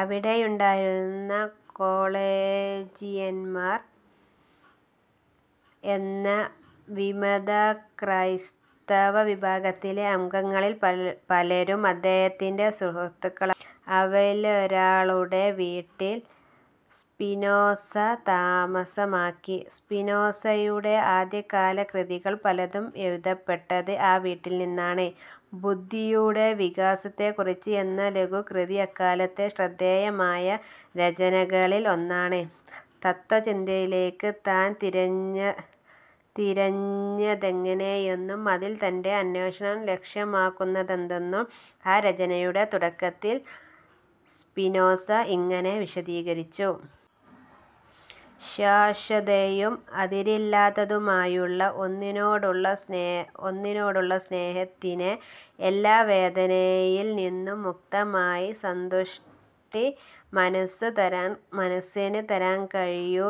അവിടെയുണ്ടായിരുന്ന കൊളേജിയന്മാർ എന്ന വിമതക്രൈസ്തവവിഭാഗത്തിലെ അംഗങ്ങളിൽ പലരും അദ്ദേഹത്തിന്റെ സുഹൃത്തുക്കളാ. അവരിലൊരാളുടെ വീട്ടിൽ സ്പിനോസ താമസമാക്കി. സ്പിനോസയുടെ ആദ്യകാലകൃതികൾ പലതും എഴുതപ്പെട്ടത് ആ വീട്ടിൽ നിന്നാണ്. ബുദ്ധിയുടെ വികാസത്തെക്കുറിച്ച് എന്ന ലഘുകൃതി അക്കാലത്തെ ശ്രദ്ധേയമായ രചനകളിൽ ഒന്നാണ്. തത്ത്വചിന്തയിലേക്ക് താൻ തിരിഞ്ഞതെങ്ങനെയെന്നും അതിൽ തന്റെ അന്വേഷണം ലക്ഷ്യമാക്കുന്നതെന്തെന്നും ആ രചനയുടെ തുടക്കത്തിൽ സ്പിനോസ ഇങ്ങനെ വിശദീകരിച്ചു. ശാശ്വതയും അതിരില്ലാത്തതുമായുള്ള ഒന്നിനോടുള്ള സ്നേഹത്തിനേ എല്ലാ വേദനയിൽ നിന്നും മുക്തമായി സന്തുഷ്ടി മനസ്സിന് തരാൻ കഴിയൂ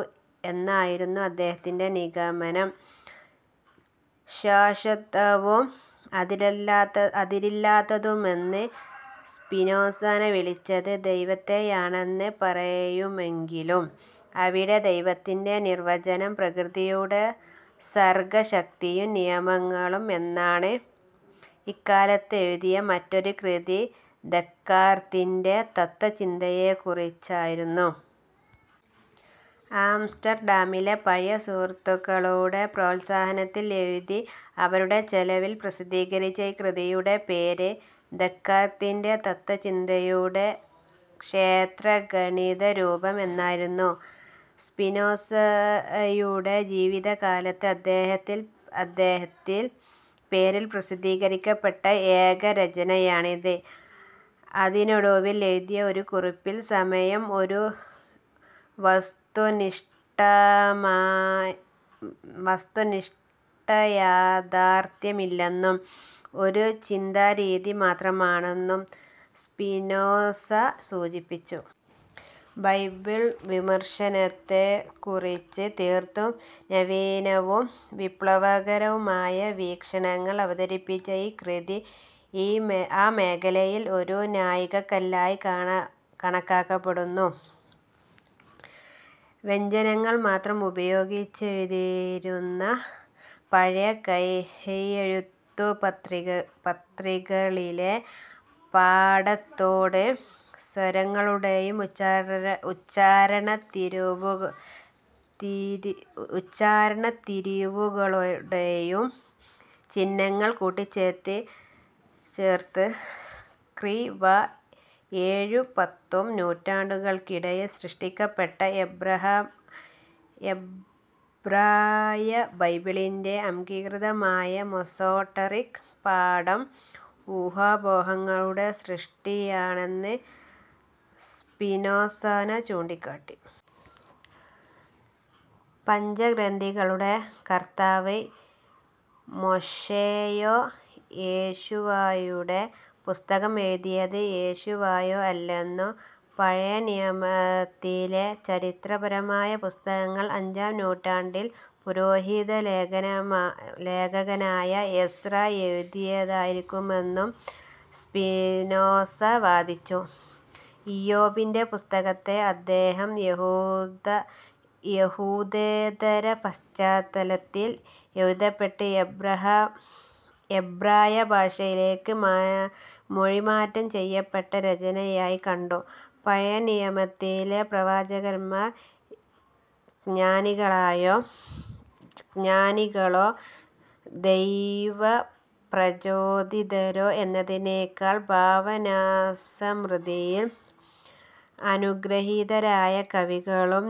എന്നായിരുന്നു അദ്ദേഹത്തിന്റെ നിഗമനം. ശാശ്വതവും അതിരില്ലാത്തതുമെന്ന് സ്പിനോസനെ വിളിച്ചത് ദൈവത്തെയാണെന്ന് പറയുമെങ്കിലും അവിടെ ദൈവത്തിന്റെ നിർവചനം പ്രകൃതിയുടെ സർഗ്ഗശക്തിയും നിയമങ്ങളും എന്നാണ്. ഇക്കാലത്തെഴുതിയ മറ്റൊരു കൃതി ദെക്കാർത്തിന്റെ തത്ത്വചിന്തയെക്കുറിച്ചായിരുന്നു. ആംസ്റ്റർഡാമിലെ പഴയ സുഹൃത്തുക്കളുടെ പ്രോത്സാഹനത്തിൽ എഴുതി അവരുടെ ചെലവിൽ പ്രസിദ്ധീകരിച്ച ഈ കൃതിയുടെ പേര്, ദെക്കാർത്തിന്റെ തത്ത്വചിന്തയുടെ ക്ഷേത്രഗണിതരൂപം എന്നായിരുന്നു. സ്പിനോസയുടെ ജീവിതകാലത്ത് അദ്ദേഹത്തിൽ പേരിൽ പ്രസിദ്ധീകരിക്കപ്പെട്ട ഏകരചനയാണിത്. അതിനൊടുവിൽ എഴുതിയ ഒരു കുറിപ്പിൽ സമയം ഒരു വസ്തുനിഷ്ഠയാഥാർഥ്യമില്ലെന്നും ഒരു ചിന്താരീതി മാത്രമാണെന്നും സ്പിനോസ സൂചിപ്പിച്ചു. ബൈബിൾ വിമർശനത്തെക്കുറിച്ച് തീർത്തും നവീനവും വിപ്ലവകരവുമായ വീക്ഷണങ്ങൾ അവതരിപ്പിച്ച ഈ കൃതി ആ മേഖലയിൽ ഒരു നാഴികക്കല്ലായി കണക്കാക്കപ്പെടുന്നു. വ്യഞ്ജനങ്ങൾ മാത്രം ഉപയോഗിച്ചെഴുതിയിരുന്ന പഴയ കൈയെഴുത്തുപത്രികകളിലെ പാഠത്തോട്, സ്വരങ്ങളുടേയും ഉച്ചാരണത്തിരിവുകളുടേയും ചിഹ്നങ്ങൾ കൂട്ടിച്ചേർത്ത് ക്രി. വ. ഏഴും പത്തും നൂറ്റാണ്ടുകൾക്കിടയിൽ സൃഷ്ടിക്കപ്പെട്ട എബ്രായബൈബിളിന്റെ അംഗീകൃതമായ മസോട്ടറിക് പാഠം ഊഹാപോഹങ്ങളുടെ സൃഷ്ടിയാണെന്ന് സ്പിനോസാന ചൂണ്ടിക്കാട്ടി. പഞ്ചഗ്രന്ഥികളുടെ കർത്താവ് മോശെയോ യോശുവായുടെ പുസ്തകം എഴുതിയത് യോശുവയോ അല്ലെന്നും പഴയനിയമത്തിലെ ചരിത്രപരമായ പുസ്തകങ്ങൾ അഞ്ചാം നൂറ്റാണ്ടിൽ പുരോഹിതലേഖകനായ എസ്രാ എഴുതിയതായിരിക്കുമെന്നും സ്പിനോസ വാദിച്ചു. ഇയ്യോബിന്റെ പുസ്തകത്തെ അദ്ദേഹം, യഹൂദേതരപശ്ചാത്തലത്തിൽ എഴുതപ്പെട്ട് എബ്രായഭാഷയിലേക്ക് മൊഴിമാറ്റം ചെയ്യപ്പെട്ട രചനയായി കണ്ടു. പഴയനിയമത്തിലെ പ്രവാചകന്മാർ ജ്ഞാനികളോ, ദൈവപ്രചോദിതരോ എന്നതിനേക്കാൾ ഭാവനാസമൃദ്ധിയിൽ അനുഗൃഹീതരായ കവികളും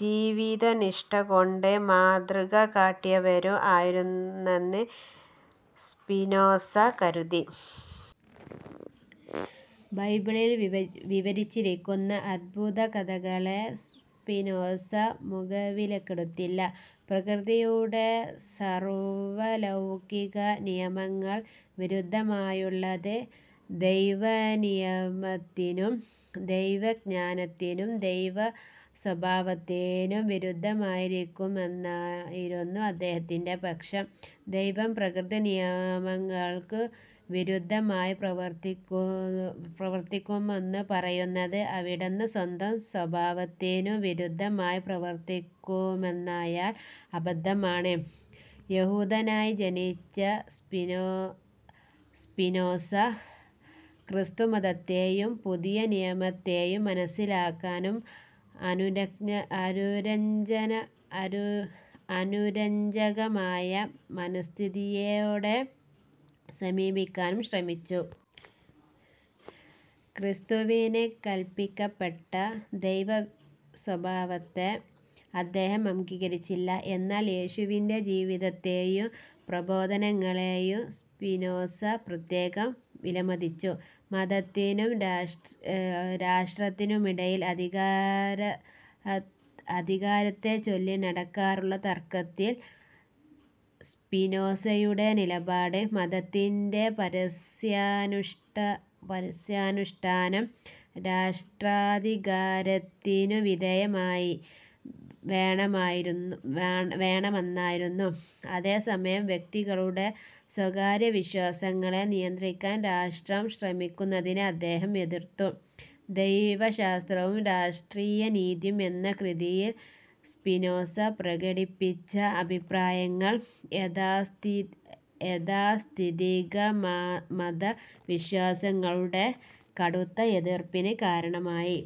ജീവിതനിഷ്ടകൊണ്ട് മാതൃകകാട്ടിയവരും ആയിരുന്നെന്ന് സ്പിനോസ കരുതി. ബൈബിളിൽ വിവരിച്ചിരിക്കുന്ന അത്ഭുതകഥകളെ സ്പിനോസ മുഖവിലക്കെടുത്തില്ല. പ്രകൃതിയുടെ സാർവലൗകികനിയമങ്ങൾ വിരുദ്ധമായുള്ളത് ദൈവനിയമത്തിനും, ദൈവജ്ഞാനത്തിനും, ദൈവസ്വഭാവത്തിനും വിരുദ്ധമായിരിക്കുമെന്നായിരുന്നു അദ്ദേഹത്തിന്റെ പക്ഷം. ദൈവം പ്രകൃതിനിയമങ്ങൾക്കു വിരുദ്ധമായി പ്രവർത്തിക്കുമെന്നു പറയുന്നത് അവിടന്ന് സ്വന്തം സ്വഭാവത്തിനു വിരുദ്ധമായി പ്രവർത്തിക്കുമെന്നായാൽ അബദ്ധമാണ്. യഹൂദനായി ജനിച്ച സ്പിനോസ, ക്രിസ്തുമതത്തെയും പുതിയനിയമത്തെയും മനസ്സിലാക്കാനും അനുരജ്ഞചകമായ മനസ്ഥിതിയോടെ സമീപിക്കാനും ശ്രമിച്ചു. ക്രിസ്തുവിന് കല്പിക്കപ്പെട്ട ദൈവസ്വഭാവത്തെ അദ്ദേഹം അംഗീകരിച്ചില്ല. എന്നാൽ യേശുവിന്റെ ജീവിതത്തെയും പ്രബോധനങ്ങളേയും സ്പിനോസ പ്രത്യേകം വിലമതിച്ചു. മതത്തിനും രാഷ്ട്രത്തിനുമിടയിൽ അധികാരത്തെച്ചൊല്ലി നടക്കാറുള്ള തർക്കത്തിൽ സ്പിനോസയുടെ നിലപാട്, മതത്തിന്റെ പരസ്യാനുഷ്ടാനം രാഷ്ട്രാധികാരത്തിനുവിധേയമായി വേണമെന്നായിരുന്നു. അതേസമയം, വ്യക്തികളുടെ സ്വകാര്യവിശ്വാസങ്ങളെ നിയന്ത്രിക്കാൻ രാഷ്ട്രം ശ്രമിക്കുന്നതിനെ അദ്ദേഹം എതിർത്തു. ദൈവശാസ്ത്രവും രാഷ്ട്രീയനീതിയും എന്ന കൃതിയിൽ സ്പിനോസ പ്രകടിപ്പിച്ച അഭിപ്രായങ്ങൾ യഥാസ്ഥിതികമതവിശ്വാസങ്ങളുടെ കടുത്ത എതിർപ്പിന് കാരണമായി.